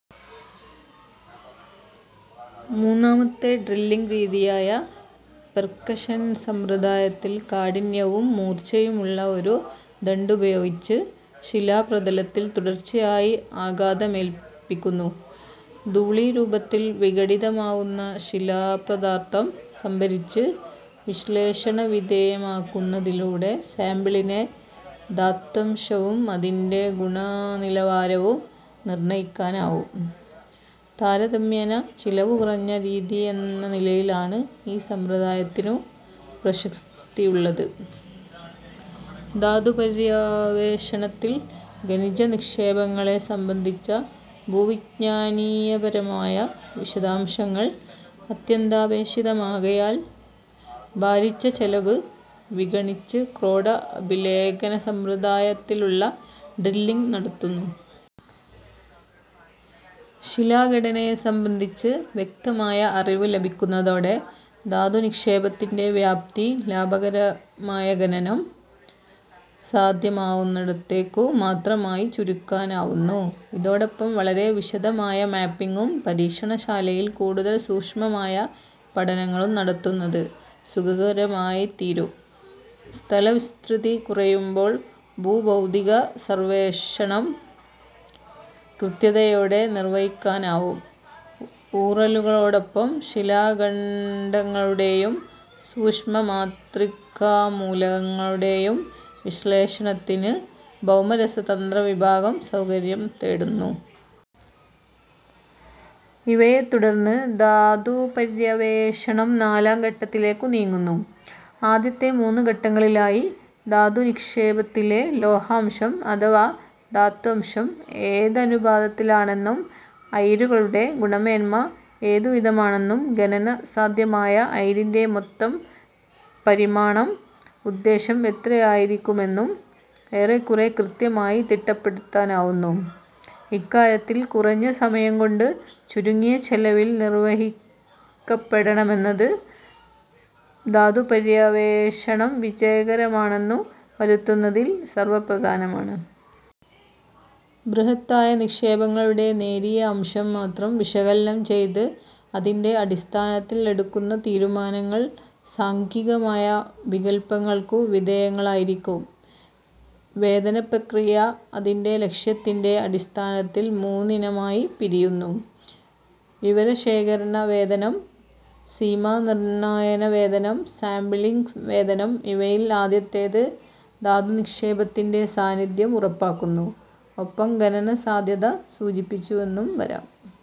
മൂന്നാമത്തെ drilling രീതിയായ percussion സമ്പ്രദായത്തിൽ കാഠിന്യവും മൂർച്ചയും ഉള്ള ഒരു ദണ്ഡുപയോഗിച്ച് ശിലാപ്രതലത്തിൽ തുടർച്ചയായി ആഘാതമേല്പിക്കുന്നു; ധൂളീരൂപത്തിൽ വിഘടിതമാവുന്ന ശിലാപദാർഥം സംഭരിച്ച് വിശ്ളേഷണവിധേയമാക്കുന്നതിലൂടെ സാമ്പിളിലെ ധാത്വംശവും അതിന്റെ ഗുണനിലവാരവും നിർണയിക്കാനാവും. താരതമ്യേന ചെലവുകുറഞ്ഞ രീതിയെന്നനിലയിലാണ് ഈ സമ്പ്രദായത്തിനു പ്രസക്തിയുള്ളത്. ധാതുപര്യവേക്ഷണത്തിൽ ഖനിജ നിക്ഷേപങ്ങളെ സംബന്ധിച്ച ഭൂവിജ്ഞാനീയപരമായ വിശദാംശങ്ങൾ അത്യന്താപേക്ഷിതമാകയാൽ ഭാരിച്ച ചെലവ് വിഗണിച്ച് ക്രോഡ-അഭിലേഖനസമ്പ്രദായത്തിലുള്ള ഡ്രില്ലിങ് നടത്തുന്നു. ശിലാഘടനയെ സംബന്ധിച്ച് വ്യക്തമായ അറിവ് ലഭിക്കുന്നതോടെ ധാതുനിക്ഷേപത്തിന്റെ വ്യാപ്തി ലാഭകരമായ ഖനനം സാധ്യമാവുന്നിടത്തേക്കു മാത്രമായി ചുരുക്കാനാവുന്നു. ഇതോടൊപ്പം വളരെ വിശദമായ മാപ്പിങ്ങും പരീക്ഷണശാലയിൽ കൂടുതൽ സൂക്ഷ്മമായ പഠനങ്ങളും നടത്തുന്നത് സുകരമായിത്തീരും. സ്ഥലവിസ്തൃതി കുറയുമ്പോൾ ഭൂഭൌതിക സർവേഷണം കൃത്യതയോടെ നിർവഹിക്കാനാവും. ഊറലുകളോടൊപ്പം ശിലാഖണ്ഡങ്ങളുടെയും സൂക്ഷ്മമാത്രികാമൂലകങ്ങളുടെയും വിശ്ലേഷണത്തിന് ഭൗമ രസതന്ത്ര വിഭാഗം സൗകര്യം തേടുന്നു. ഇവയെത്തുടർന്ന് ധാതുപര്യവേഷണം നാലാം ഘട്ടത്തിലേക്കു നീങ്ങുന്നു. ആദ്യത്തെ മൂന്നുഘട്ടങ്ങളിലായി ധാതുനിക്ഷേപത്തിലെ ലോഹാംശം അഥവാ ധാത്വംശം ഏതനുപാതത്തിലാണെന്നും അയിരുകളുടെ ഗുണമേന്മ ഏതു വിധമാണെന്നും, ഖനന സാധ്യമായ അയിരിന്റെ മൊത്തം പരിമാണം ഉദ്ദേശം എത്രയായിരിക്കുമെന്നും ഏറെക്കുറെ കൃത്യമായി തിട്ടപ്പെടുത്താനാവുന്നു. ഇക്കാര്യങ്ങൾ കുറഞ്ഞ സമയംകൊണ്ട്, ചുരുങ്ങിയ ചെലവിൽ നിർവഹിക്കപ്പെടണമെന്നത്, ധാതുപര്യവേഷണം വിജയകരമാണെന്നു വരുത്തുന്നതിൽ സർവപ്രധാനമാണ്. ബൃഹത്തായ നിക്ഷേപങ്ങളുടെ നേരിയ അംശം മാത്രം വിശകലനം ചെയ്ത് അതിന്റെ അടിസ്ഥാനത്തിൽ എടുക്കുന്ന തീരുമാനങ്ങൾ സാംഖ്യികമായ വികല്പങ്ങൾക്കു വിധേയങ്ങളായിരിക്കും. വേധന പ്രക്രിയ, അതിന്റെ ലക്ഷ്യത്തിന്റെ അടിസ്ഥാനത്തിൽ മൂന്നിനമായി പിരിയുന്നു: വിവരശേഖരണ വേധനം; സീമാനിർണയന വേധനം; സാമ്പ്ളിങ് വേധനം. ഇവയിൽ ആദ്യത്തേത് ധാതുനിക്ഷേപത്തിന്റെ സാന്നിധ്യം ഉറപ്പാക്കുന്നു; ഒപ്പം ഖനനസാധ്യത സൂചിപ്പിച്ചുവെന്നുംവരാം.